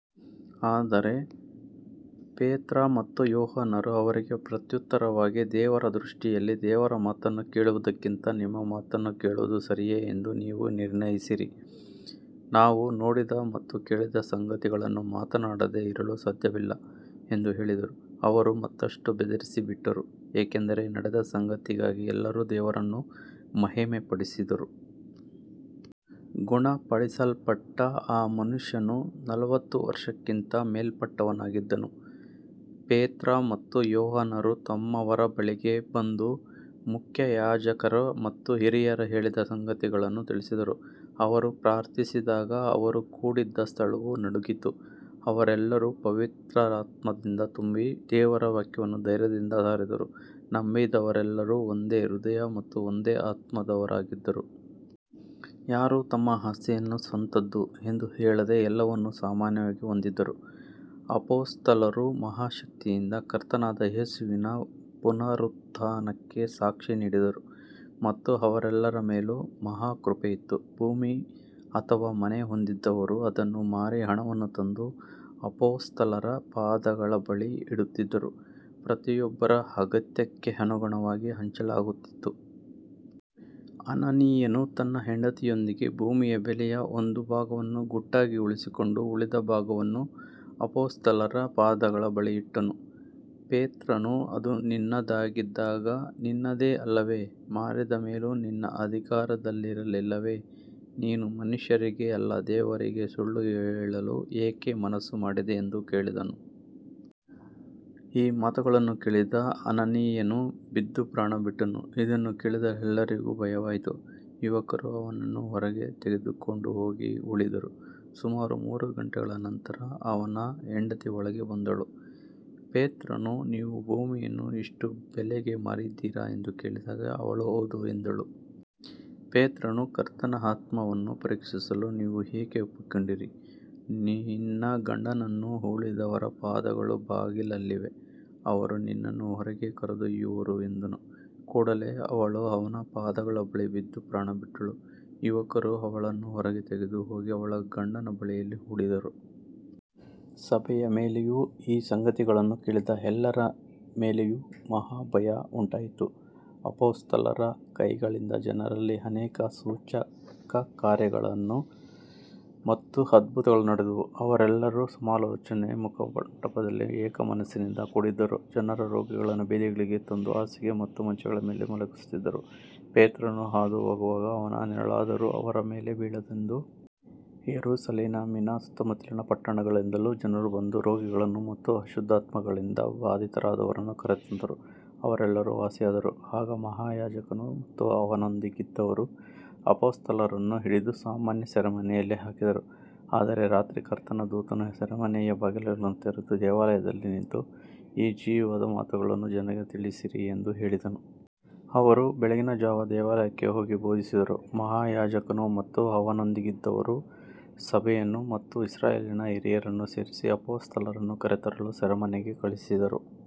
ಆದರೆ ಪೇತ್ರ ಮತ್ತು ಯೋಹಾನರು ಅವರಿಗೆ ಪ್ರತ್ಯುತ್ತರವಾಗಿ, ದೇವರ ದೃಷ್ಟಿಯಲ್ಲಿ ದೇವರ ಮಾತನ್ನು ಕೇಳುವುದಕ್ಕಿಂತ ನಿಮ್ಮ ಮಾತನ್ನು ಕೇಳುವುದು ಸರಿಯೇ ಎಂದು ನೀವೇ ನಿರ್ಣಯಿಸಿರಿ. ನಾವು ನೋಡಿದ ಮತ್ತು ಕೇಳಿದ ಸಂಗತಿಗಳನ್ನು ಮಾತನಾಡದೆ ಇರಲು ಸಾಧ್ಯವಿಲ್ಲ ಎಂದು ಹೇಳಿದರು. ಅವರು ಮತ್ತಷ್ಟು ಬೆದರಿಸಿ ಬಿಟ್ಟರು, ಏಕೆಂದರೆ ನಡೆದ ಸಂಗತಿಗಾಗಿ ಎಲ್ಲರೂ ದೇವರನ್ನು ಮಹಿಮೆಪಡಿಸಿದರು. ಗುಣಪಡಿಸಲ್ಪಟ್ಟ ಆ ಮನುಷ್ಯನು ನಲವತ್ತು ವರ್ಷಕ್ಕಿಂತ ಮೇಲ್ಪಟ್ಟವನಾಗಿದ್ದನು. ಪೇತ್ರ ಮತ್ತು ಯೋಹಾನರು ತಮ್ಮವರ ಬಳಿಗೆ ಬಂದು ಮುಖ್ಯಯಾಜಕರು ಮತ್ತು ಹಿರಿಯರು ಹೇಳಿದ ಸಂಗತಿಗಳನ್ನು ತಿಳಿಸಿದರು. ಅವರು ಪ್ರಾರ್ಥಿಸಿದಾಗ ಅವರು ಕೂಡಿದ್ದ ಸ್ಥಳವು ನಡುಗಿತು, ಅವರೆಲ್ಲರೂ ಪವಿತ್ರಾತ್ಮದಿಂದ ತುಂಬಿ ದೇವರ ವಾಕ್ಯವನ್ನು ಧೈರ್ಯದಿಂದ ಸಾರಿದರು. ನಂಬಿದವರೆಲ್ಲರೂ ಒಂದೇ ಹೃದಯ ಮತ್ತು ಒಂದೇ ಆತ್ಮದವರಾಗಿದ್ದರು. ಯಾರೂ ತಮ್ಮ ಆಸ್ತಿಯನ್ನು ಸ್ವಂತದ್ದು ಎಂದು ಹೇಳದೆ ಎಲ್ಲವನ್ನೂ ಸಾಮಾನ್ಯವಾಗಿ ಹೊಂದಿದ್ದರು. ಅಪೊಸ್ತಲರು ಮಹಾಶಕ್ತಿಯಿಂದ ಕರ್ತನಾದ ಯೇಸುವಿನ ಪುನರುತ್ಥಾನಕ್ಕೆ ಸಾಕ್ಷಿ ನೀಡಿದರು ಮತ್ತು ಅವರೆಲ್ಲರ ಮೇಲೂ ಮಹಾಕೃಪೆ ಇತ್ತು. ಭೂಮಿ ಅಥವಾ ಮನೆ ಹೊಂದಿದ್ದವರು ಅದನ್ನು ಮಾರಿ ಹಣವನ್ನು ತಂದು ಅಪೊಸ್ತಲರ ಪಾದಗಳ ಬಳಿ ಇಡುತ್ತಿದ್ದರು, ಪ್ರತಿಯೊಬ್ಬರ ಅಗತ್ಯಕ್ಕೆ ಅನುಗುಣವಾಗಿ ಹಂಚಲಾಗುತ್ತಿತ್ತು. ಅನನೀಯನು ತನ್ನ ಹೆಂಡತಿಯೊಂದಿಗೆ ಭೂಮಿಯ ಬೆಲೆಯ ಒಂದು ಭಾಗವನ್ನು ಗುಟ್ಟಾಗಿ ಉಳಿಸಿಕೊಂಡು ಉಳಿದ ಭಾಗವನ್ನು ಅಪೊಸ್ತಲರ ಪಾದಗಳ ಬಳಿ ಇಟ್ಟನು. ಪೇತ್ರನು, ಅದು ನಿನ್ನದಾಗಿದ್ದಾಗ ನಿನ್ನದೇ ಅಲ್ಲವೇ, ಮಾರಿದ ಮೇಲೂ ನಿನ್ನ ಅಧಿಕಾರದಲ್ಲಿರಲಿಲ್ಲವೇ, ನೀನು ಮನುಷ್ಯರಿಗೆ ಅಲ್ಲ ದೇವರಿಗೆ ಸುಳ್ಳು ಹೇಳಲು ಯಾಕೆ ಮನಸ್ಸು ಮಾಡಿದೆ ಎಂದು ಕೇಳಿದನು. ಈ ಮಾತುಗಳನ್ನು ಕೇಳಿದ ಅನನೀಯನು ಬಿದ್ದು ಪ್ರಾಣಬಿಟ್ಟನು. ಇದನ್ನು ಕೇಳಿದ ಎಲ್ಲರಿಗೂ ಭಯವಾಯಿತು. ಯುವಕರು ಅವನನ್ನು ಹೊರಗೆ ತೆಗೆದುಕೊಂಡು ಹೋಗಿ ಹೂಳಿದರು. ಸುಮಾರು ಮೂರು ಗಂಟೆಗಳ ನಂತರ ಅವನ ಹೆಂಡತಿ ಒಳಗೆ ಬಂದಳು. ಪೇತ್ರನು, ನೀವು ಭೂಮಿಯನ್ನು ಇಷ್ಟು ಬೆಲೆಗೆ ಮಾರಿದಿರಾ ಎಂದು ಕೇಳಿದಾಗ ಅವಳು ಹೌದು ಎಂದಳು. ಪೇತ್ರನು, ಕರ್ತನ ಆತ್ಮವನ್ನು ಪರೀಕ್ಷಿಸಲು ನೀವು ಏಕೆ ಒಪ್ಪಿಕೊಂಡಿರಿ, ನಿನ್ನ ಗಂಡನನ್ನು ಹೂಳಿದವರ ಪಾದಗಳು ಬಾಗಿಲಲ್ಲಿವೆ, ಅವರು ನಿನ್ನನ್ನೂ ಹೊರಗೆ ಕರೆದೊಯ್ಯುವರು ಎಂದನು. ಕೂಡಲೇ ಅವಳು ಅವನ ಪಾದಗಳ ಬಳಿ ಬಿದ್ದು ಪ್ರಾಣಬಿಟ್ಟಳು. ಯುವಕರು ಅವಳನ್ನು ಹೊರಗೆ ತೆಗೆದುಕೊಂಡು ಹೋಗಿ ಅವಳ ಗಂಡನ ಬಳಿಯಲ್ಲಿ ಹೂಳಿದರು. ಸಭೆಯ ಮೇಲೆಯೂ ಈ ಸಂಗತಿಗಳನ್ನು ಕೇಳಿದ ಎಲ್ಲರ ಮೇಲೆಯೂ ಮಹಾಭಯ ಉಂಟಾಯಿತು. ಅಪೊಸ್ತಲರ ಕೈಗಳಿಂದ ಜನರಲ್ಲಿ ಅನೇಕ ಸೂಚಕಕಾರ್ಯಗಳು ಮತ್ತು ಅದ್ಭುತಗಳು ನಡೆದವು. ಅವರೆಲ್ಲರೂ ಸೊಲೊಮೋನನ ಮುಖಮಂಟಪದಲ್ಲಿ ಏಕಮನಸ್ಸಿನಿಂದ ಕೂಡಿದ್ದರು. ಜನರು ರೋಗಿಗಳನ್ನು ಬೀದಿಗಳಿಗೆ ತಂದು ಹಾಸಿಗೆ ಮತ್ತು ಮಂಚಗಳ ಮೇಲೆ ಮಲಗಿಸುತ್ತಿದ್ದರು, ಪೇತ್ರನು ಹಾದುಹೋಗುವಾಗ ಅವನ ನೆರಳಾದರೂ ಅವರ ಮೇಲೆ ಬೀಳಲೆಂದು. ಯೆರೂಸಲೇಮಿನ ಸುತ್ತಮುತ್ತಲಿನ ಪಟ್ಟಣಗಳಿಂದಲೂ ಜನರು ಬಂದು ರೋಗಿಗಳನ್ನು ಮತ್ತು ಅಶುದ್ಧಾತ್ಮಗಳಿಂದ ಬಾಧಿತರಾದವರನ್ನು ಕರೆತಂದರು, ಅವರೆಲ್ಲರೂ ವಾಸಿಯಾದರು. ಆಗ ಮಹಾಯಾಜಕನು ಮತ್ತು ಅವನೊಂದಿಗಿದ್ದವರು ಅಪೊಸ್ತಲರನ್ನು ಹಿಡಿದು ಸಾಮಾನ್ಯ ಸೆರೆಮನೆಯಲ್ಲಿ ಹಾಕಿದರು. ಆದರೆ ರಾತ್ರಿ ಕರ್ತನ ದೂತನು ಸೆರೆಮನೆಯ ಬಾಗಿಲುಗಳನ್ನು ತೆರೆದು, ದೇವಾಲಯದಲ್ಲಿ ನಿಂತು ಈ ಜೀವದ ಮಾತುಗಳನ್ನು ಜನರಿಗೆ ತಿಳಿಸಿರಿ ಎಂದು ಹೇಳಿದನು. ಅವರು ಬೆಳಗಿನ ಜಾವ ದೇವಾಲಯಕ್ಕೆ ಹೋಗಿ ಬೋಧಿಸಿದರು. ಮಹಾಯಾಜಕನು ಮತ್ತು ಅವನೊಂದಿಗಿದ್ದವರು ಸಭೆಯನ್ನು ಮತ್ತು ಇಸ್ರಾಯೇಲಿನ ಹಿರಿಯರನ್ನು ಸೇರಿಸಿ ಅಪೊಸ್ತಲರನ್ನು ಕರೆತರಲು ಸೆರೆಮನೆಗೆ ಕಳುಹಿಸಿದರು.